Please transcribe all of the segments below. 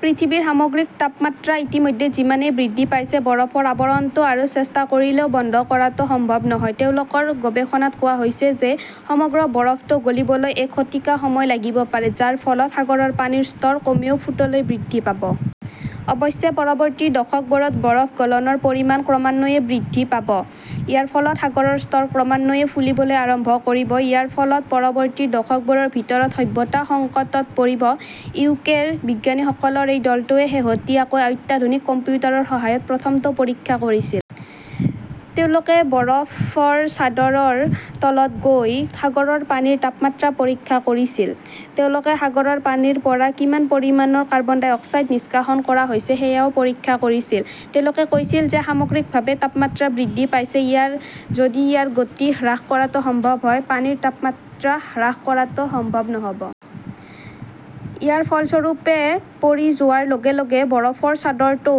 পৃথিৱীৰ সামগ্ৰিক তাপমাত্ৰা ইতিমধ্যে যিমানেই বৃদ্ধি পাইছে, বৰফৰ আৱৰণটো আৰু চেষ্টা কৰিলেও বন্ধ কৰাটো সম্ভৱ নহয়। তেওঁলোকৰ গৱেষণাত কোৱা হৈছে যে সমগ্ৰ বৰফটো গলিবলৈ এক শতিকা সময় লাগিব পাৰে, যাৰ ফলত সাগৰৰ পানীৰ স্তৰ কমেও ফুটলৈ বৃদ্ধি পাব। অৱশ্যে, পৰৱৰ্তী দশকবোৰত বৰফ গলনৰ পৰিমাণ ক্ৰমান্বয়ে বৃদ্ধি পাব। ইয়াৰ ফলত সাগৰৰ স্তৰ ক্ৰমান্বয়ে ফুলিবলৈ আৰম্ভ কৰিব। ইয়াৰ ফলত পৰৱৰ্তী দশকবোৰৰ ভিতৰত সভ্যতা সংকটত পৰিব। ইউকেৰ বিজ্ঞানীসকলৰ এই দলটোৱে শেহতীয়াকৈ অত্যাধুনিক কম্পিউটাৰৰ সহায়ত প্ৰথমটো পৰীক্ষা কৰিছিল। তেওঁলোকে বৰফৰ চাদৰৰ তলত গৈ সাগৰৰ পানীৰ তাপমাত্ৰা পৰীক্ষা কৰিছিল। তেওঁলোকে সাগৰৰ পানীৰ পৰা কিমান পৰিমাণৰ কাৰ্বন ডাই অক্সাইড নিষ্কাশন কৰা হৈছে সেয়াও পৰীক্ষা কৰিছিল। তেওঁলোকে কৈছিল যে সামগ্ৰিকভাৱে তাপমাত্ৰা বৃদ্ধি পাইছে। যদি ইয়াৰ গতি হ্ৰাস কৰাটো সম্ভৱ হয়, পানীৰ তাপমাত্ৰা হ্ৰাস কৰাটো সম্ভৱ নহ 'ব। ইয়াৰ ফলস্বৰূপে পৰি যোৱাৰ লগে লগে বৰফৰ চাদৰটো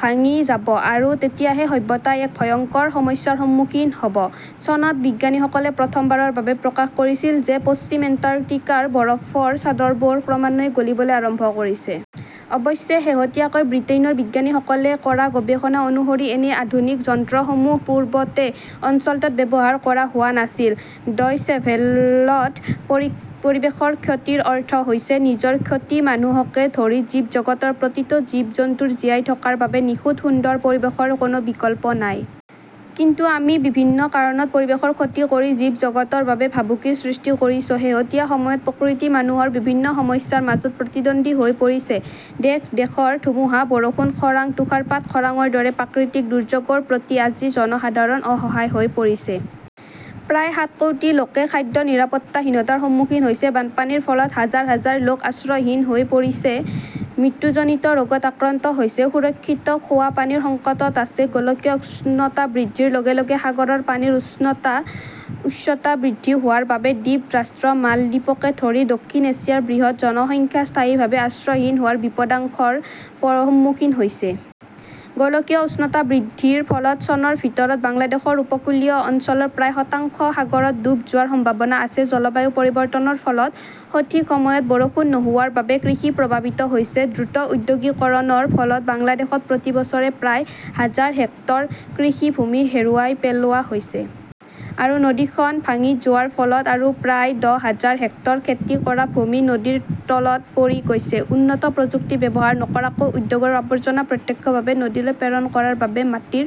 ভাঙি যাব। আৰু তেতিয়াহে সভ্যতাই এক ভয়ংকৰ সমস্যাৰ সন্মুখীন হ "ব। চনত বিজ্ঞানীসকলে প্ৰথমবাৰৰ বাবে প্ৰকাশ কৰিছিল যে পশ্চিম এণ্টাৰ্কটিকাৰ বৰফৰ চাদৰবোৰ ক্ৰমান্বয়ে গলিবলৈ আৰম্ভ কৰিছে। অৱশ্যে, শেহতীয়াকৈ ব্ৰিটেইনৰ বিজ্ঞানীসকলে কৰা গৱেষণা অনুসৰি, এনে আধুনিক যন্ত্ৰসমূহ পূৰ্বতে অঞ্চলটোত ব্যৱহাৰ কৰা হোৱা নাছিল। ডয়চেভেলত। পৰিৱেশৰ ক্ষতিৰ অৰ্থ হৈছে নিজৰ ক্ষতি মানুহকে ধৰি জীৱ জগতৰ প্ৰতিটো জীৱ-জন্তুৰ জীয়াই থকাৰ বাবে নিখুঁত সুন্দৰ পৰিৱেশৰ কোনো বিকল্প নাই। কিন্তু আমি বিভিন্ন কাৰণত পৰিৱেশৰ ক্ষতি কৰি জীৱ জগতৰ বাবে ভাবুকিৰ সৃষ্টি কৰিছো। শেহতীয়া সময়ত প্ৰকৃতি মানুহৰ বিভিন্ন সমস্যাৰ মাজত প্ৰতিদ্বন্দ্বী হৈ পৰিছে। দেশ-দেশৰ ধুমুহা, বৰষুণ, খৰাং, তুষাৰপাত, খৰাংৰ দৰে প্ৰাকৃতিক দুৰ্যোগৰ প্ৰতি আজি জনসাধাৰণ অসহায় হৈ পৰিছে। প্ৰায় সাত কোটি লোকে খাদ্য নিৰাপত্তাহীনতাৰ সন্মুখীন হৈছে, বানপানীৰ ফলত হাজাৰ হাজাৰ লোক আশ্ৰয়হীন হৈ পৰিছে, মৃত্যুজনিত ৰোগত আক্ৰান্ত হৈছে, সুৰক্ষিত খোৱা পানীৰ সংকটত আছে। গোলকীয় উষ্ণতা বৃদ্ধিৰ লগে লগে সাগৰৰ পানীৰ উচ্চতা বৃদ্ধি হোৱাৰ বাবে দ্বীপ ৰাষ্ট্ৰ মালদ্বীপকে ধৰি দক্ষিণ এছিয়াৰ বৃহৎ জনসংখ্যা স্থায়ীভাৱে আশ্ৰয়হীন হোৱাৰ বিপদাশংকাৰ সন্মুখীন হৈছে। গোলকীয় উষ্ণতা বৃদ্ধিৰ ফলত চনৰ ভিতৰত বাংলাদেশৰ উপকূলীয় অঞ্চলৰ প্ৰায় শতাংশ সাগৰত ডুব যোৱাৰ সম্ভাৱনা আছে। জলবায়ু পৰিৱৰ্তনৰ ফলত সঠিক সময়ত বৰষুণ নোহোৱাৰ বাবে কৃষি প্ৰভাৱিত হৈছে। দ্ৰুত ঔদ্যোগিকৰণৰ ফলত বাংলাদেশত প্ৰতি বছৰে প্ৰায় হাজাৰ হেক্টৰ কৃষি ভূমি হেৰুৱাই পেলোৱা হৈছে। আৰু নদীখন ভাঙি যোৱাৰ ফলত আৰু প্ৰায় দহ হাজাৰ হেক্টৰ খেতি কৰা ভূমি নদীৰ তলত পৰি গৈছে। উন্নত প্ৰযুক্তি ব্যৱহাৰ নকৰাকৈ উদ্যোগৰ আৱৰ্জনা প্ৰত্যক্ষভাৱে নদীলৈ প্ৰেৰণ কৰাৰ বাবে মাটিৰ